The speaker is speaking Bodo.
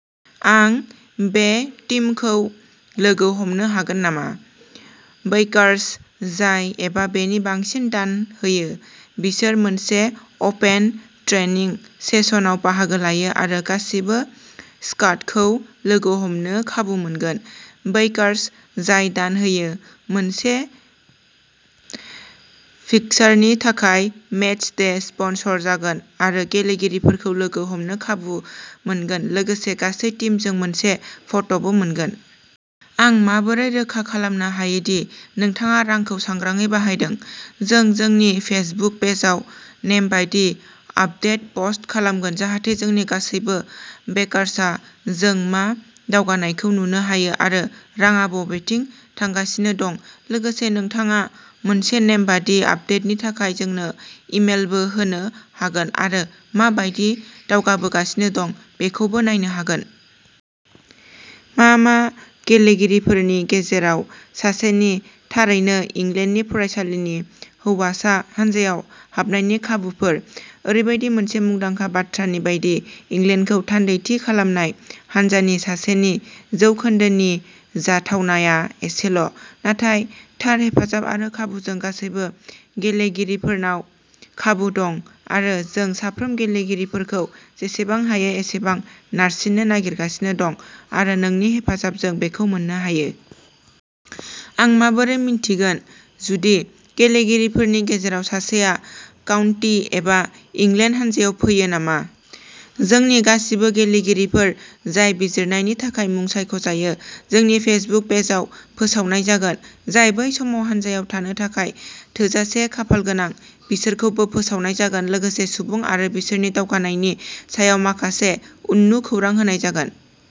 आं बे टीमखौ लोगो हमनो हागोन नामा? -बैकार्स जाय एबा बेनि बांसिन दान होयो, बिसोर मोनसे अपेन ट्रेनिं सेसनआव बाहागो लानो आरो गासिबो स्काडखौ लोगो हमनो खाबु मोनगोन, बैकार्स जाय दान होयो, मोनसे फिक्सारनि थाखाय मेच डे स्पन्सर जागोन आरो गेलेगिरिफोरखौ लोगो हमनो खाबु मोनगोन लोगोसे गासै टीमजों मोनसे फट'बो मोनगोन। आं माबोरै रोखा खालामनो हायो दि नोंथाङा रांखौ सांग्राङै बाहायदों? -जों जोंनि फेसबुक पेजआव नेमबादि आपडेट पस्ट खालामगोन जाहाथे जोंनि गासैबो बेकार्सआ जों मा दावगानायखौ नुनो हायो आरो रांआ बबेथिं थांगासिनो दं, लोगोसे नोंथाङा मोनसे नेमबादि आपडेटनि थाखाय जोंनो इमेलबो होनो हागोन आरो मा बायदि दावगाबोगासिनो दं बेखौबो नायनो हागोन। मा मा? गेलेगिरिफोरनि गेजेराव सासेनि थारैनो इंलेन्डनि फरायसालिनि हौवासा हान्जायाव हाबनायनि खाबुफोर? -ओरैबायदि मोनसे मुंदांखा बाथ्रानि बायदि, इंलेन्डखौ थान्दैथि खालामनाय हानजानि सासेनि जौखोन्दोनि जाथावनाया एसेल ', नाथाय थार हेफाजाब आरो खाबुजों गासैबो गेलेगिरिफोरनाव खाबु दं, आरो जों साफ्रोम गेलेगिरिफोरखौ जेसेबां हायो एसेबां नारसिन्नो नागिरगासिनो दं आरो नोंनि हेफाजाबजों बेखौ मोन्नो हायो। आं माबोरै मिन्थिगोन जुदि गेलेगिरिफोरनि गेजेराव सासेया काउन्टी एबा इंलेन्ड हान्जायाव फैयो नामा? -जोंनि गासिबो गेलेगिरिफोर जाय बिजिरनायनि थाखाय मुं सायख'जायो, जोंनि फेसबुक पेजआव फोसावनाय जागोन, जाय बै समाव हान्जायाव थानो थाखाय थोजासे खाफालगोनां, बिसोरखौबो फोसावनाय जागोन लोगोसे सुबुं आरो बिसोरनि दावगानायनि सायाव माखासे उननु खौरां होनाय जागोन।